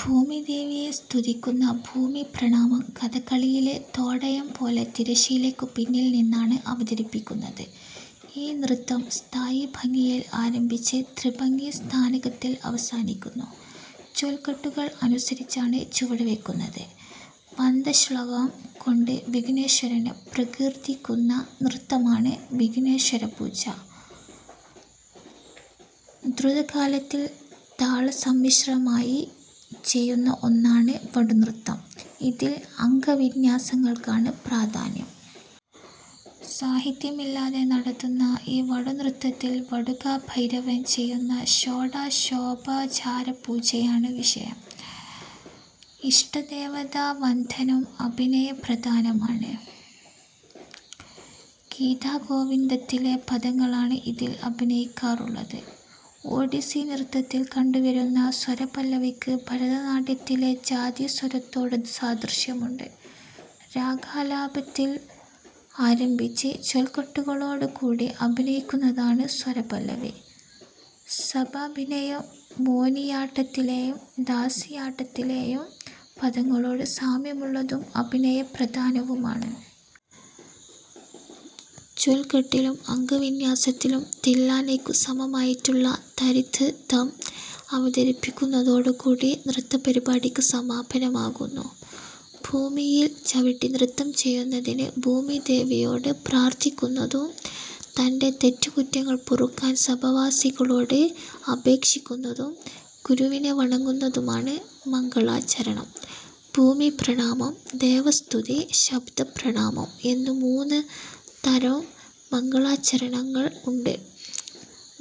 ഭൂമിദേവിയെ സ്തുതിക്കുന്ന ഭൂമിപ്രണാമം കഥകളിയിലെ തോടയം പോലെ തിരശീലയ്ക്കു പിന്നിൽ നിന്നാണ് അവതരിപ്പിക്കുന്നത്. ഈ നൃത്തം സ്ഥായിഭംഗിയിൽ ആരഭിച്ച് ത്രിഭംഗി സ്ഥാനകത്തിൽ അവസാനിക്കുന്നു. ചൊൽക്കെട്ടുകൾ അനുസരിച്ചാണ് ചുവടുവയ്ക്കുന്നത്. വന്ദശ്ലൊകം കൊണ്ട് വിഘ്നേശ്വരനെ പ്രകീർത്തിക്കുന്ന നൃത്തമാണ് വിഘ്നേശ്വരപൂജ. ദ്രുതകാലത്തിൽ താളസമ്മിശ്രമായി ചെയ്യുന്ന ഒന്നാണ് വടുനൃത്തം. ഇതിൽ അംഗവിന്യാസങ്ങൾക്കാണ് പ്രാധാന്യം. സാഹിത്യമില്ലാതെ നടത്തുന്ന ഈ വടുനൃത്തത്തിൽ വടുകഭൈരവൻ ചെയ്യുന്ന ഷോഡശോപചാര പൂജയാണ് വിഷയം. ഇഷ്ടദേവതാവന്ദനം അഭിനയപ്രധാനമാണ്. ഗീതഗോവിന്ദത്തിലെ പദങ്ങളാണ് ഇതിൽ അഭിനയിക്കാറുള്ളത്. ഒഡീസി നൃത്തത്തിൽ കണ്ടുവരുന്ന സ്വരപല്ലവിക്ക് ഭരതനാട്യത്തിലെ ജാതിസ്വരത്തോടു സാദൃശ്യമുണ്ട്. രാഗാലാപത്തിൽ ആരംഭിച്ച് ചൊൽക്കെട്ടുകളോടുകൂടി അഭിനയിക്കുന്നതാണ് സ്വരപല്ലവി. സഭാഭിനയം മോനിയാട്ടത്തിലേയും ദാസിയാട്ടത്തിലെയും പദങ്ങളോട് സാമ്യമുള്ളതും അഭിനയ പ്രധാനവുമാണ്. ചൊൽക്കെട്ടിലും അംഗവിന്യാസത്തിലും തില്ലാനയ്ക്കു സമമായിട്ടുള്ള തരിത്ധം അവതരിപ്പിക്കുന്നതോടുകൂടി നൃത്തപരിപാടിക്ക് സമാപനമാകുന്നു. ഭൂമിയിൽ ചവിട്ടി നൃത്തം ചെയ്യുന്നതിനു ഭൂമിദേവിയോട് പ്രാർത്ഥിക്കുന്നതും തന്റെ തെറ്റുകുറ്റങ്ങൾ പൊറുക്കാൻ സഭാവാസികളോട് അപേക്ഷിക്കുന്നതും, ഗുരുവിനെ വണങ്ങുന്നതുമാണ് "മംഗളാചരണം". ഭൂമിപ്രണാമം, ദേവസ്തുതി, ശബ്ദപ്രണാമം, എന്നു മൂന്നു തരം മംഗളാചരണങ്ങൾ ഉണ്ട്.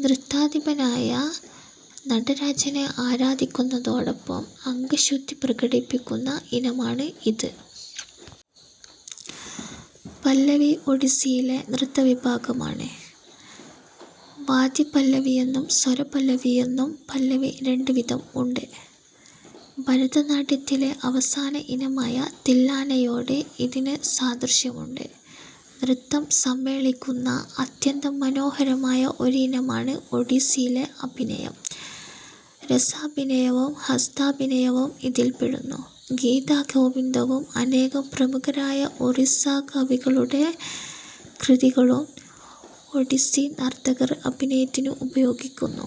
നൃത്താധിപനായ നടരാജനെ ആരാധിക്കുന്നതോടൊപ്പം അംഗശുദ്ധി പ്രകടിപ്പിക്കുന്ന ഇനമാണ് ഇത്. പല്ലവി" ഒഡിസ്സിയിലെ നൃത്തവിഭാഗമാണ്. വാദ്യപല്ലവിയെന്നും, സ്വരപല്ലവിയെന്നും പല്ലവി രണ്ട് വിധം ഉണ്ട്. ഭരതനാട്യത്തിലെ അവസാന ഇനമായ തില്ലാനയോട് ഇതിനു് സാദൃശ്യമുണ്ട്. നൃത്തം സമ്മേളിക്കുന്ന അത്യന്തം മനോഹരമായ ഒരിനമാണ് ഒഡിസ്സിയിലെ "അഭിനയം". രസാഭിനയവും ഹസ്താഭിനയവും ഇതിൽപെടുന്നു. ഗീതഗോവിന്ദവും, അനേകം പ്രമുഖരായ ഒറിസ്സാകവികളുടെ കൃതികളും ഒഡിസ്സി നർത്തകർ അഭിനയത്തിനു ഉപയോഗിക്കുന്നു.